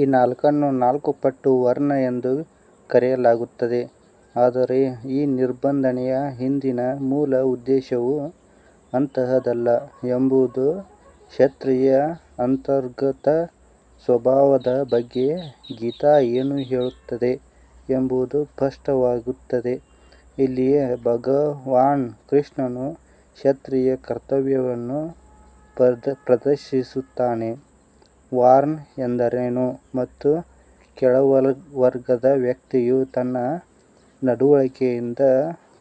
ಈ ನಾಲ್ಕನ್ನು ನಾಲ್ಕು ಪಟ್ಟು ವರ್ಣ ಎಂದು ಕರೆಯಲಾಗುತ್ತದೆ ಆದರೆ ಈ ನಿಬಂಧನೆಯ ಹಿಂದಿನ ಮೂಲ ಉದ್ದೇಶವು ಅಂತಹದ್ದಲ್ಲ ಎಂಬುದು ಕ್ಷತ್ರಿಯ ಅಂತರ್ಗತ ಸ್ವಭಾವದ ಬಗ್ಗೆ ಗೀತಾ ಏನು ಹೇಳುತ್ತದೆ ಎಂಬುದು ಸ್ಪಷ್ಟವಾಗುತ್ತದೆ. ಇಲ್ಲಿ ಭಗವಾನ್ ಕೃಷ್ಣನು ಕ್ಷತ್ರಿಯ ಕರ್ತವ್ಯವನ್ನು ಪ್ರದರ್ಶಿಸುತ್ತಾನೆ ವಾರ್ನ್ ಎಂದರೇನು ಮತ್ತು ಕೆಳವರ್ಗದ ವ್ಯಕ್ತಿಯು ತನ್ನ ನಡವಳಿಕೆಯಿಂದ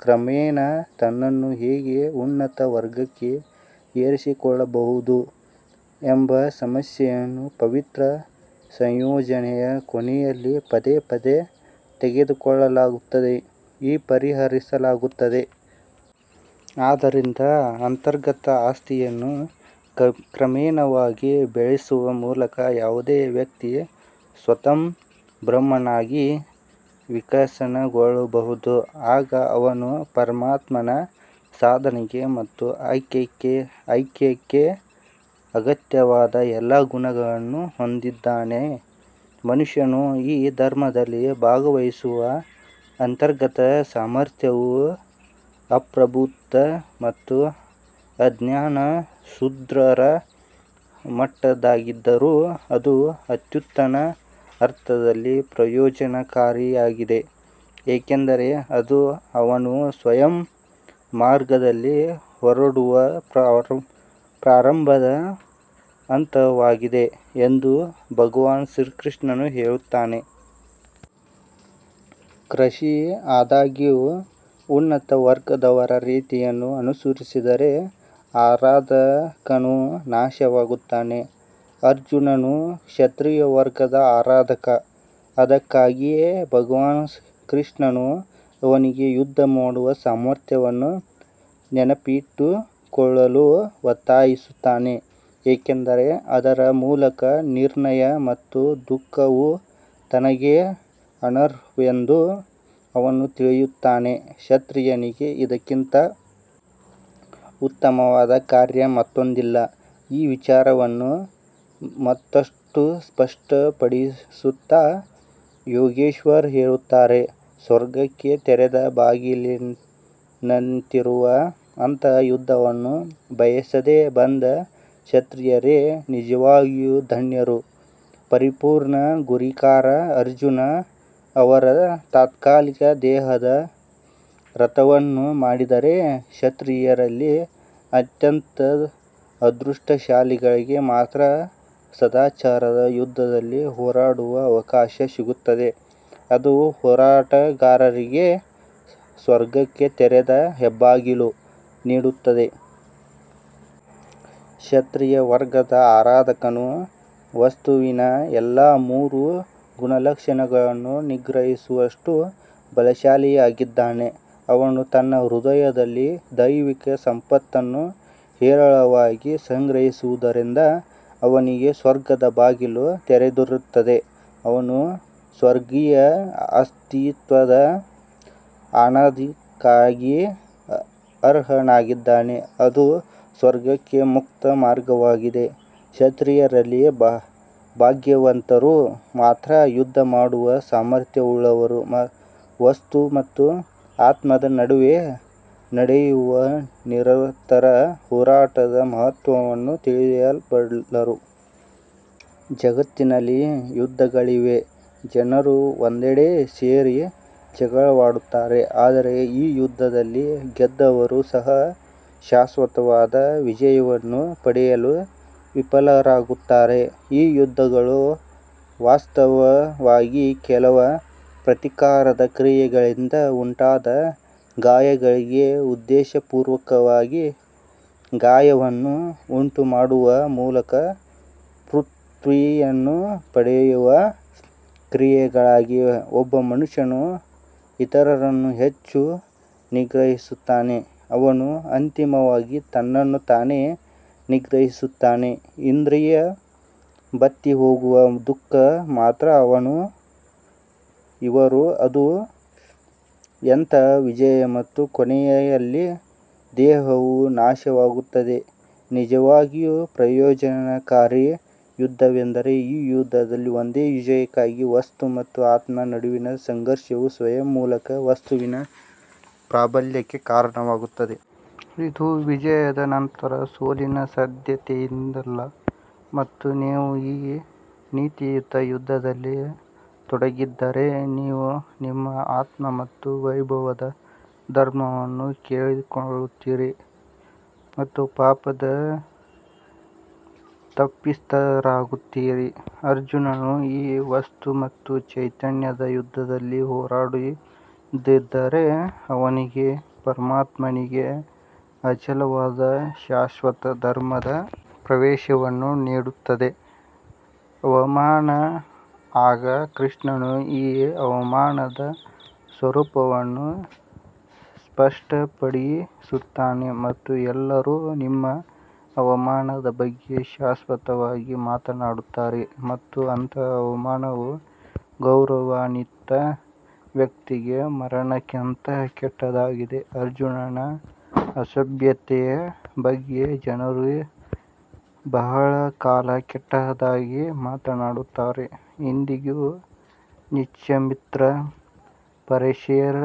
ಕ್ರಮೇಣ ತನ್ನನ್ನು ಹೇಗೆ ಉನ್ನತ ವರ್ಗಕ್ಕೆ ಏರಿಸಿಕೊಳ್ಳಬಹುದು ಎಂಬ ಸಮಸ್ಯೆಯನ್ನು ಪವಿತ್ರ ಸಂಯೋಜನೆಯ ಕೊನೆಯಲ್ಲಿ ಪದೇ ಪದೇ ತೆಗೆದುಕೊಳ್ಳಲಾಗುತ್ತದೆ ಮತ್ತು ಪರಿಹರಿಸಲಾಗುತ್ತದೆ. ಆದ್ದರಿಂದ ಅಂತರ್ಗತ ಆಸ್ತಿಯನ್ನು ಕ್ರಮೇಣವಾಗಿ ಬೆಳೆಸುವ ಮೂಲಕ ಯಾವುದೇ ವ್ಯಕ್ತಿ ಸ್ವತಃ ಬ್ರಾಹ್ಮಣನಾಗಿ ವಿಕಸನಗೊಳ್ಳಬಹುದು ಆಗ ಅವನು ಪರಮಾತ್ಮನ ಸಾಧನೆಗೆ ಮತ್ತು ಐಕ್ಯಕ್ಕೆ ಅಗತ್ಯವಾದ ಎಲ್ಲಾ ಗುಣಗಳನ್ನು ಹೊಂದಿದ್ದಾನೆ ಮನುಷ್ಯನು ಈ ಧರ್ಮದಲ್ಲಿ ಭಾಗವಹಿಸುವ ಅಂತರ್ಗತ ಸಾಮರ್ಥ್ಯವು ಅಪ್ರಬುದ್ಧ ಮತ್ತು ಅಜ್ಞಾನ ಶೂದ್ರರ ಮಟ್ಟದ್ದಾಗಿದ್ದರೂ ಅದು ಅತ್ಯುನ್ನತ ಅರ್ಥದಲ್ಲಿ ಪ್ರಯೋಜನಕಾರಿಯಾಗಿದೆ ಏಕೆಂದರೆ ಅದು ಅವನು ಸ್ವಯಂ ಮಾರ್ಗದಲ್ಲಿ ಹೊರಡುವ ಪ್ರಾರಂಭದ ಹಂತವಾಗಿದೆ ಎಂದು ಭಗವಾನ್ ಶ್ರೀಕೃಷ್ಣನು ಹೇಳುತ್ತಾನೆ. ಕೃಷಿ ಆದಾಗ್ಯೂ ಉನ್ನತ ವರ್ಗದವರ ರೀತಿಯನ್ನು ಅನುಕರಿಸಿದರೆ ಆರಾಧಕನು ನಾಶವಾಗುತ್ತಾನೆ ಅರ್ಜುನನು ಕ್ಷತ್ರಿಯ ವರ್ಗದ ಆರಾಧಕ ಅದಕ್ಕಾಗಿಯೇ ಭಗವಾನ್ ಕೃಷ್ಣನು ಅವನಿಗೆ ಯುದ್ಧ ಮಾಡುವ ಸಾಮರ್ಥ್ಯವನ್ನು ನೆನಪಿಟ್ಟುಕೊಳ್ಳಲು ಒತ್ತಾಯಿಸುತ್ತಾನೆ ಏಕೆಂದರೆ ಅದರ ಮೂಲಕ ನಿರ್ಣಯ ಮತ್ತು ದುಃಖವು ತನಗೆ ಅನರ್ಹವೆಂದು ಅವನು ತಿಳಿಯುತ್ತಾನೆ. ಕ್ಷತ್ರಿಯನಿಗೆ ಇದಕ್ಕಿಂತ ಉತ್ತಮವಾದ ಕಾರ್ಯ ಮತ್ತೊಂದಿಲ್ಲ ಈ ವಿಚಾರವನ್ನು ಮತ್ತಷ್ಟು ಸ್ಪಷ್ಟಪಡಿಸುತ್ತಾ ಯೋಗೇಶ್ವರ್ ಹೇಳುತ್ತಾರೆ ಸ್ವರ್ಗಕ್ಕೆ ತೆರೆದ ಬಾಗಿಲಿನಂತಿರುವ ಅಂತಹ ಯುದ್ಧವನ್ನು ಬಯಸದೆ ಬಂದ ಕ್ಷತ್ರಿಯರೇ ನಿಜವಾಗಿಯೂ ಧನ್ಯರು ಪರಿಪೂರ್ಣ ಗುರಿಕಾರ ಅರ್ಜುನ್ ಅವರು ತಾತ್ಕಾಲಿಕ ದೇಹದ ರಥವನ್ನು ಮಾಡಿದ್ದಾರೆ ಕ್ಷತ್ರಿಯರಲ್ಲಿ ಅತ್ಯಂತ ಅದೃಷ್ಟಶಾಲಿಗಳಿಗೆ ಮಾತ್ರ ಸದಾಚಾರದ ಯುದ್ಧದಲ್ಲಿ ಹೋರಾಡುವ ಅವಕಾಶ ಸಿಗುತ್ತದೆ, ಅದು ಹೋರಾಟಗಾರರಿಗೆ ಸ್ವರ್ಗಕ್ಕೆ ತೆರೆದ ಹೆಬ್ಬಾಗಿಲು ನೀಡುತ್ತದೆ. ಕ್ಷತ್ರಿಯ ವರ್ಗದ ಆರಾಧಕನು ವಸ್ತುವಿನ ಎಲ್ಲಾ ಮೂರು ಗುಣಲಕ್ಷಣಗಳನ್ನು ನಿಗ್ರಹಿಸುವಷ್ಟು ಬಲಶಾಲಿಯಾಗಿದ್ದಾನೆ ಅವನು ತನ್ನ ಹೃದಯದಲ್ಲಿ ದೈವಿಕ ಸಂಪತ್ತನ್ನು ಹೇರಳವಾಗಿ ಸಂಗ್ರಹಿಸಿರುವುದರಿಂದ ಅವನಿಗೆ ಸ್ವರ್ಗದ ಬಾಗಿಲು ತೆರೆದಿರುತ್ತದೆ ಅವನು ಸ್ವರ್ಗೀಯ ಅಸ್ತಿತ್ವದ ಆನಂದಕ್ಕಾಗಿ ಅರ್ಹನಾಗಿದ್ದಾನೆ ಇದು ಸ್ವರ್ಗಕ್ಕೆ ಮುಕ್ತ ಮಾರ್ಗವಾಗಿದೆ ಕ್ಷತ್ರಿಯರಲ್ಲಿ ಭಾಗ್ಯವಂತರು ಮಾತ್ರ ಯುದ್ಧ ಮಾಡುವ ಸಾಮರ್ಥ್ಯವುಳ್ಳವರು ವಸ್ತು ಮತ್ತು ಆತ್ಮದ ನಡುವೆ ನಡೆಯುವ ನಿರಂತರ ಹೋರಾಟದ ಮಹತ್ವವನ್ನು ತಿಳಿಯಬಲ್ಲರು. ಜಗತ್ತಿನಲ್ಲಿ ಯುದ್ಧಗಳಿವೆ ಜನರು ಒಂದೆಡೆ ಸೇರಿ ಜಗಳವಾಡುತ್ತಾರೆ ಆದರೆ ಈ ಯುದ್ಧಗಳಲ್ಲಿ ಗೆದ್ದವರು ಸಹ ಶಾಶ್ವತವಾದ ವಿಜಯವನ್ನು ಪಡೆಯಲು ವಿಫಲರಾಗುತ್ತಾರೆ ಈ ಯುದ್ಧಗಳು ವಾಸ್ತವವಾಗಿ ಕೇವಲ ಪ್ರತೀಕಾರದ ಕ್ರಿಯೆಗಳಿಂದ ಉಂಟಾದ ಗಾಯಗಳಿಗೆ ಉದ್ದೇಶಪೂರ್ವಕವಾಗಿ ಗಾಯವನ್ನು ಉಂಟುಮಾಡುವ ಮೂಲಕ ತೃಪ್ತಿಯನ್ನು ಪಡೆಯುವ ಕ್ರಿಯೆಗಳಾಗಿವೆ. ಒಬ್ಬ ಮನುಷ್ಯನು ಇತರರನ್ನು ಹೆಚ್ಚು ನಿಗ್ರಹಿಸುತ್ತಾನೆ, ಅವನು ಅಂತಿಮವಾಗಿ ತನ್ನನ್ನು ತಾನೇ ನಿಗ್ರಹಿಸುತ್ತಾನೆ ಇಂದ್ರಿಯ ಬತ್ತಿಹೋಗುವ ದುಃಖ ಮಾತ್ರ ಇರುವ ಇದು ಎಂತಹ ವಿಜಯ ಮತ್ತು ಕೊನೆಯಲ್ಲಿ ದೇಹವೂ ನಾಶವಾಗುತ್ತದೆ ನಿಜವಾಗಿಯೂ ಪ್ರಯೋಜನಕಾರಿ ಯುದ್ಧವೆಂದರೆ ಈ ಯುದ್ಧದಲ್ಲಿ ಒಂದೇ ವಿಜಯಕ್ಕಾಗಿ ವಸ್ತು ಮತ್ತು ಆತ್ಮದ ನಡುವಿನ ಸಂಘರ್ಷವು ಸ್ವಯಂ ಮೂಲಕ ವಸ್ತುವಿನ ಪ್ರಾಬಲ್ಯಕ್ಕೆ ಕಾರಣವಾಗುತ್ತದೆ. ಇದು ವಿಜಯದ ನಂತರ ಸೋಲಿನ ಸಾಧ್ಯತೆಯಿಲ್ಲ ಮತ್ತು ನೀವು ಈ ನೀತಿಯುತ ಯುದ್ಧದಲ್ಲಿ ತೊಡಗದಿದ್ದರೆ ನೀವು ನಿಮ್ಮ ಆತ್ಮ ಮತ್ತು ವೈಭವದ ಧರ್ಮವನ್ನು ಕಳೆದುಕೊಳ್ಳುತ್ತೀರಿ ಮತ್ತು ಪಾಪದ ತಪ್ಪಿತಸ್ಥರಾಗುತ್ತೀರಿ. ಅರ್ಜುನನು ಈ ವಸ್ತು ಮತ್ತು ಚೈತನ್ಯದ ಯುದ್ಧದಲ್ಲಿ ಹೋರಾಡದಿದ್ದರೆ, ಅವನಿಗೆ ಪರಮಾತ್ಮನಿಗೆ ಅಚಲವಾದ ಶಾಶ್ವತ ಧರ್ಮದ ಪ್ರವೇಶವನ್ನು ನೀಡುತ್ತದೆ ಅವಮಾನ ಆಗ ಶ್ರೀಕೃಷ್ಣನು ಈ ಅವಮಾನದ ಸ್ವರೂಪವನ್ನು ಸ್ಪಷ್ಟಪಡಿಸುತ್ತಾನೆ ಮತ್ತು ಎಲ್ಲರೂ ನಿಮ್ಮ ಅವಮಾನದ ಬಗ್ಗೆ ಶಾಶ್ವತವಾಗಿ ಮಾತನಾಡುತ್ತಾರೆ ಮತ್ತು ಅಂತಹ ಅವಮಾನವು ಗೌರವಾನ್ವಿತ ವ್ಯಕ್ತಿಗೆ ಮರಣಕ್ಕಿಂತ ಕೆಟ್ಟದಾಗಿದೆ ಅರ್ಜುನನ ಅಸಭ್ಯತೆಯ ಬಗ್ಗೆ ಜನರು ಬಹಳ ಕಾಲ ಕೆಟ್ಟದಾಗಿ ಮಾತನಾಡುತ್ತಾರೆ ಇಂದಿಗೂ ವಿಶ್ವಾಮಿತ್ರ ಪರಶೇರ್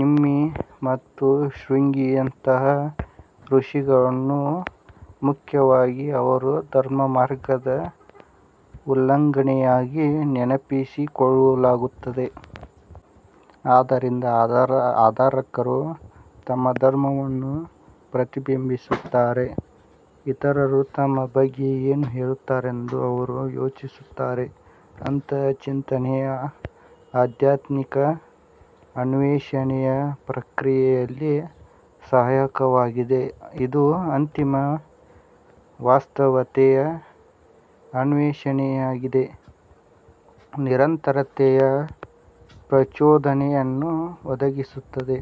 ನಿಮಿ ಮತ್ತು ಶೃಂಗಿಯಂತಹ ಋಷಿಗಳನ್ನು ಮುಖ್ಯವಾಗಿ ಅವರ ಧರ್ಮಮಾರ್ಗದ ಉಲ್ಲಂಘನೆಗಾಗಿ ನೆನಪಿಸಿಕೊಳ್ಳಲಾಗುತ್ತದೆ. ಆದ್ದರಿಂದ ಆರಾಧಕರು ತಮ್ಮ ಧರ್ಮವನ್ನು ಪ್ರತಿಬಿಂಬಿಸುತ್ತಾರೆ ಇತರರು ತಮ್ಮ ಬಗ್ಗೆ ಏನು ಹೇಳುತ್ತಾರೆಂದು ಅವರು ಯೋಚಿಸುತ್ತಾರೆ ಅಂತಹ ಚಿಂತನೆಯು ಆಧ್ಯಾತ್ಮಿಕ ಅನ್ವೇಷಣೆಯ ಪ್ರಕ್ರಿಯೆಯಲ್ಲಿ ಸಹಾಯಕವಾಗಿದೆ ಇದು ಅಂತಿಮ ವಾಸ್ತವತೆಯ ಅನ್ವೇಷಣೆಯೊಂದಿಗೆ ನಿರಂತರತೆಯ ಪ್ರಚೋದನೆಯನ್ನು ಒದಗಿಸುತ್ತದೆ.